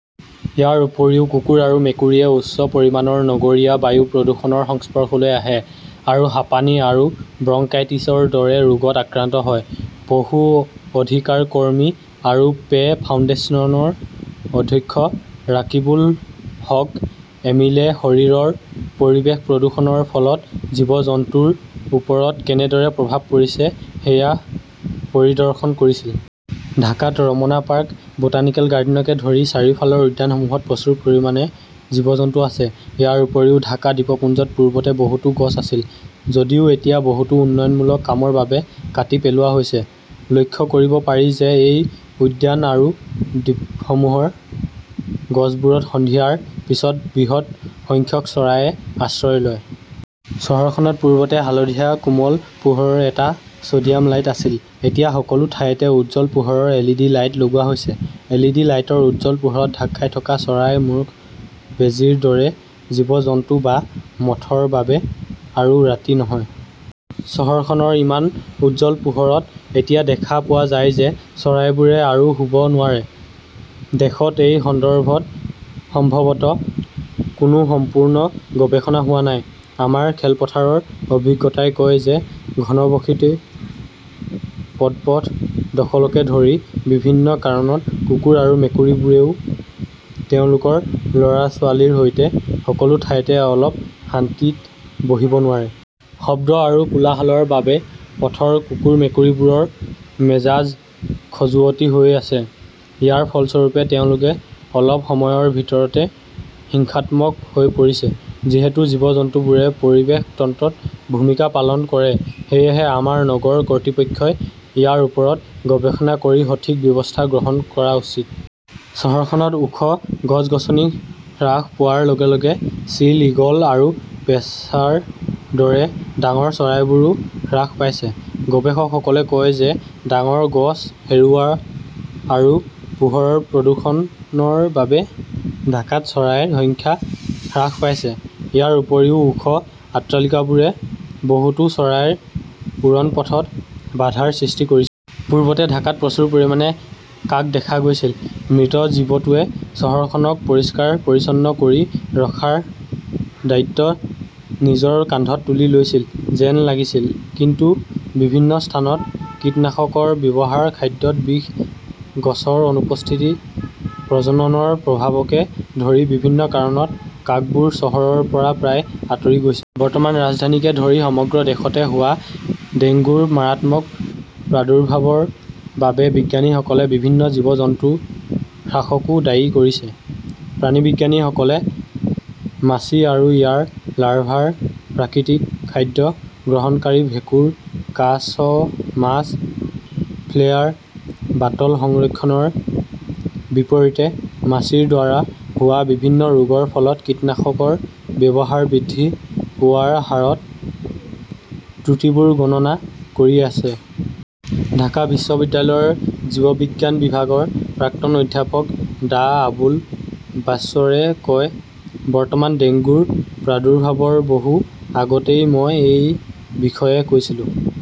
ইয়াৰ উপৰিও কুকুৰ আৰু মেকুৰীয়ে উচ্চ পৰিমাণৰ নগৰীয়া বায়ু প্ৰদূষণৰ সংস্পৰ্শলৈ আহে আৰু হাঁপানি আৰু ব্ৰংকাইটিছৰ দৰে ৰোগত আক্ৰান্ত হয়। পশু অধিকাৰ কৰ্মী আৰু পে ফাউণ্ডেশ্যনৰ অধ্যক্ষ ৰাকিবুল হক এমিলে শৰীৰৰ পৰিৱেশ প্ৰদূষণৰ ফলত জীৱ-জন্তুৰ ওপৰত কেনেদৰে প্ৰভাৱ পৰিছে সেয়া পৰিদৰ্শন কৰিছিল। "ঢাকাত ৰমনা পাৰ্ক, বোটানিকেল গাৰ্ডেনকে ধৰি চাৰিওফালৰ উদ্যানসমূহত প্ৰচুৰ পৰিমাণে জীৱ-জন্তু আছে। ইয়াৰ উপৰিও ঢাকা দ্বীপপুঞ্জত পূৰ্বতে বহুতো গছ আছিল, যদিও এতিয়া বহুতো উন্নয়নমূলক কামৰ বাবে কাটি পেলোৱা হৈছে। লক্ষ্য কৰিব পাৰি যে এই উদ্যান আৰু দ্বীপসমূহৰ গছবোৰত সন্ধিয়াৰ পিছত বৃহৎ সংখ্যক চৰাইয়ে আশ্ৰয় লয়। চহৰখনত পূৰ্বতে হালধীয়া কোমল পোহৰৰ এটা চ 'ডিয়াম লাইট আছিল। এতিয়া সকলো ঠাইতে উজ্জ্বল পোহৰৰ এলইডি লাইট লগোৱা হৈছে। এল. ই. ডি. লাইটৰ উজ্জ্বল পোহৰত ঢাক খাই থকা চৰাই, মূৰ্খ, বেজীৰ দৰে জীৱ-জন্তু বা মথৰ বাবে আৰু ৰাতি নহয়। চহৰখনৰ ইমান উজ্জ্বল পোহৰত এতিয়া দেখা পোৱা যায় যে চৰাইবোৰে আৰু শুব নোৱাৰে। দেশত এই সন্দৰ্ভত সম্ভৱতঃ কোনো সম্পূৰ্ণ গৱেষণা হোৱা নাই। আমাৰ খেলপথাৰৰ অভিজ্ঞতাই কয় যে ঘনবসতি, পদপথ দখলকে ধৰি বিভিন্ন কাৰণত কুকুৰ আৰু মেকুৰীবোৰেও তেওঁলোকৰ ল "ৰা-ছোৱালীৰ সৈতে সকলো ঠাইতে অলপ শান্তিত বহিব নোৱাৰে। শব্দ আৰু কোলাহলৰ বাবে পথৰ কুকুৰ-মেকুৰীবোৰৰ মেজাজ খজুৱতি হৈ আছে। ইয়াৰ ফলস্বৰূপে, তেওঁলোকে অলপ সময়ৰ ভিতৰতে হিংসাত্মক হৈ পৰিছে। যিহেতু জীৱ-জন্তুবোৰে পৰিৱেশ তন্ত্ৰত ভূমিকা পালন কৰে, সেয়েহে আমাৰ নগৰ কৰ্তৃপক্ষই ইয়াৰ ওপৰত গৱেষণা কৰি সঠিক ব্যৱস্থা গ্ৰহণ কৰা উচিত। চহৰখনত ওখ গছ-গছনি হ্ৰাস পোৱাৰ লগে লগে চিল, ঈগল আৰু পেঁচাৰ দৰে ডাঙৰ চৰাইবোৰো হ্ৰাস পাইছে। গৱেষকসকলে কয় যে ডাঙৰ গছ হেৰুওৱা আৰু পোহৰৰ প্ৰদূষণৰ বাবে ঢাকাত চৰাইৰ সংখ্যা হ্ৰাস পাইছে। ইয়াৰ উপৰিও, ওখ অট্টালিকাবোৰে বহুতো চৰাইৰ উৰণপথত বাধাৰ সৃষ্টি কৰিছে। পূৰ্বতে ঢাকাত প্ৰচুৰ পৰিমাণে কাক দেখা গৈছিল। মৃত জীৱটোৱে চহৰখনক পৰিষ্কাৰ-পৰিচ্ছন্ন কৰি ৰখাৰ দায়িত্ব নিজৰ কান্ধত তুলি লৈছিল যেন লাগিছিল। কিন্তু বিভিন্ন স্থানত কীটনাশকৰ ব্যৱহাৰ, খাদ্যত বিষ, গছৰ অনুপস্থিতি, প্ৰজননৰ প্ৰভাৱকে ধৰি বিভিন্ন কাৰণত কাকবোৰ চহৰৰ পৰা প্ৰায় আঁতৰি গৈছে। বৰ্তমান ৰাজধানীকে ধৰি সমগ্ৰ দেশতে হোৱা ডেংগুৰ মাৰাত্মক প্ৰাদুৰ্ভাৱৰ বাবে বিজ্ঞানীসকলে বিভিন্ন জীৱ-জন্তুৰ হ্ৰাসকো দায়ী কৰিছে। প্ৰাণীবিজ্ঞানীসকলে মাছি আৰু ইয়াৰ লাৰ্ভাৰ প্ৰাকৃতিক খাদ্য গ্ৰহণকাৰী ভেঁকুৰ, কাছ, মাছ, ফ্লেয়াৰ, বাটল সংৰক্ষণৰ বিপৰীতে মাছিৰ দ্বাৰা হোৱা বিভিন্ন ৰোগৰ ফলত কীটনাশকৰ ব্যৱহাৰ বৃদ্ধি পোৱাৰ হাৰত ত্ৰুটিবোৰ গণনা কৰি আছে। ঢাকা বিশ্ববিদ্যালয়ৰ জীৱবিজ্ঞান বিভাগৰ প্ৰাক্তন অধ্যাপক ডাঃ আবুল বাশ্বৰে কয়, "বৰ্তমান ডেংগুৰ প্ৰাদুৰ্ভাৱৰ বহু আগতেই মই এই বিষয়ে কৈছিলো।